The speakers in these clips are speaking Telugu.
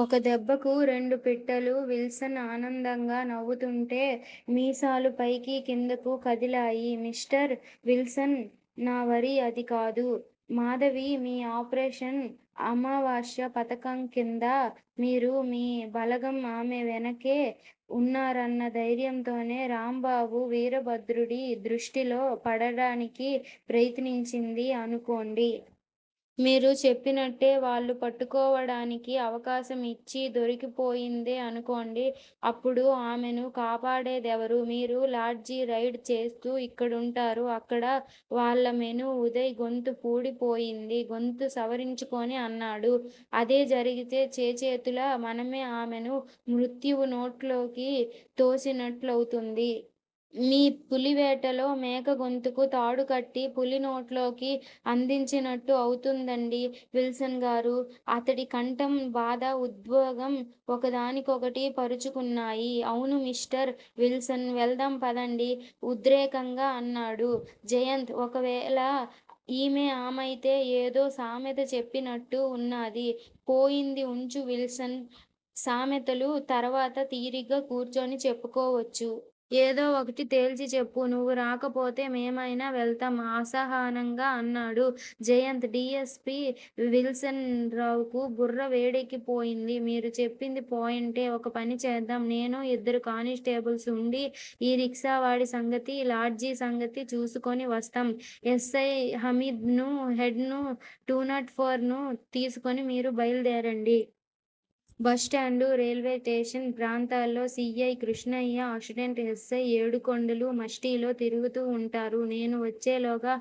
ఒక్క దెబ్బకు రెండు పిట్టలు విల్సన్ ఆనందంగా నవ్వుతుంటే మీసాలు పైకీ కిందకూ కదిలాయి. Mister Wilson. నా వర్రీ అదికాదు. మాధవి మీ ఆపరేషన్ అమావాస్య పథకంకింద మీరు మీ బలగం ఆమె వెనకే, ఉన్నారన్న ధైర్యంతో, రాంబాబు వీరభద్రుడి దృష్టిలో పడడానికి ప్రయత్నించింది అనుకోండి! మీరు చెప్పినట్టే వాళ్ళు పట్టుకోవడానికి అవకాశం ఇచ్చి దొరికిపోయిందే అనుకోండి అప్పుడు ఆమెను కాపాడేదెవరూ? మీరు లాడ్జి రైడ్ చేస్తూ ఇక్కడుంటారు. అక్కడ వాళ్ళామెను ఉదయ్ గొంతు పూడి పోయింది. గొంతు సవరించుకొని అన్నాడు అదే జరిగితే చేచేతులా మనమే ఆమెను మృత్యువు నోట్లోకి తోసినట్లవుతుంది. మీ పులివేటలో మేకగొంతుకు తాడుకట్టి పులినోట్లోకి అందించినట్టు అవుతుందండి విల్సన్ గారూ? అతడి కంఠం బాధా, ఉద్వేగం ఒకదాన్నొకటి పరుచుకొన్నాయి. అవును! మిస్టర్ విల్సన్ వెళ్దాం పదండి ఉద్రేకంగా అన్నాడు జయంత్. ఒకవేళ ఈమే ఆమైతే, ఏదో సామెత చెప్పినట్టు ఉన్నదీ పోయింది ఉంచు విల్సన్ సామెతలు తర్వాత తీరిగ్గా కూర్చొని చెప్పుకోవచ్చు. ఏదో ఒకటి తెల్చిచెప్పు. నువ్వు రాకపోతే మేమైనా వెళ్తాం అసహనంగా అన్నాడు Jayant. D. S. P. Wilson రావుకు బుర్రవేడెక్కిపోయింది. మీరు చెప్పిందీ పాయింటే. ఒకపని చేద్దాం. నేను, ఇద్దరు కాని స్టేబుల్సూ వుండి, ఈ రిక్షావాడి సంగతీ, లాడ్జి సంగతి చూసుకొనివస్తాం. ఎస్సై హామీద్ నూ, హెడ్ నూ, టూనాట్ ఫోర్ నూ తీసుకొని మీరు బయలుదేరండి. బస్ స్టాండూ, రైల్వే స్టేషన్ ప్రాంతాల్లో సి. ఐ. కృష్ణయ్యా, అసిస్టెంట్ ఎస్సై ఏడుకొండలూ మస్టీలో తిరుగుతూ వుంటారు. నేను వచ్చేలోగా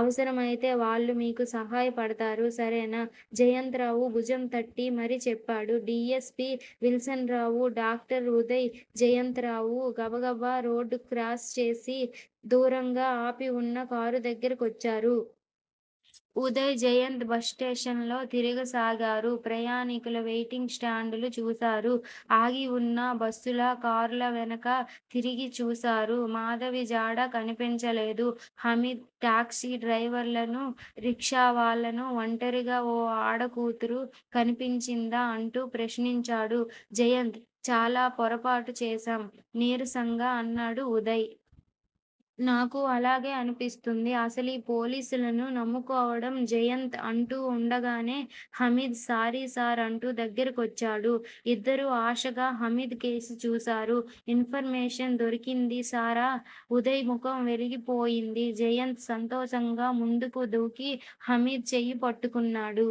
అవసరం అయితే వాళ్ళు మీకు సహాయపడ్తారు. సరేనా? జయంత్ రావు భుజంతట్టి మరీ చెప్పాడు D. S. P. Wilson Rao. Doctor Uday, Jayantha Rao, గబగబారోడ్డు క్రాస్ చేసి దూరంగా ఆపివున్న కారు దగ్గిరకొచ్చారు. ఉదయ్, జయంత్, బస్ స్టేషన్ లో తిరగసాగారు. ప్రయాణీకుల వైటింగ్ స్టాండులు చూశారు. ఆగివున్న బస్సుల, కార్ల వెనక తిరిగిచూశారు. మాధవిజాడ కన్పించలేదు. హమీద్ టాక్సీ డ్రైవర్లనూ, రిక్షావాళ్ళానూ, ఒంటరిగా ఓ ఆడకూతురు కన్పించిందా అంటూ ప్రశ్నించాడు. జయంత్! చాలా పొరపాటు చేశాం నీరసంగా అన్నాడు ఉదయ్. నాకూ అలాగే అన్పిస్తుంది. అసలీ పోలీసోళ్ళను నమ్ముకోవడం జయంత్ అంటూ ఉండగానే హమీద్ సారీ! సార్ అంటూ దగ్గర కొచ్చాడు. ఇద్దరూ ఆశగా హమీద్ కేసి చూశారు. ఇన్ ఫర్ మేషన్ దొరికింది సార. ఉదయ్ ముఖం వెలిగిపోయింది. జయంత్ సంతోషంగా ముందుకు దూకి హమీద్ చెయ్యిపట్టుకొన్నాడు.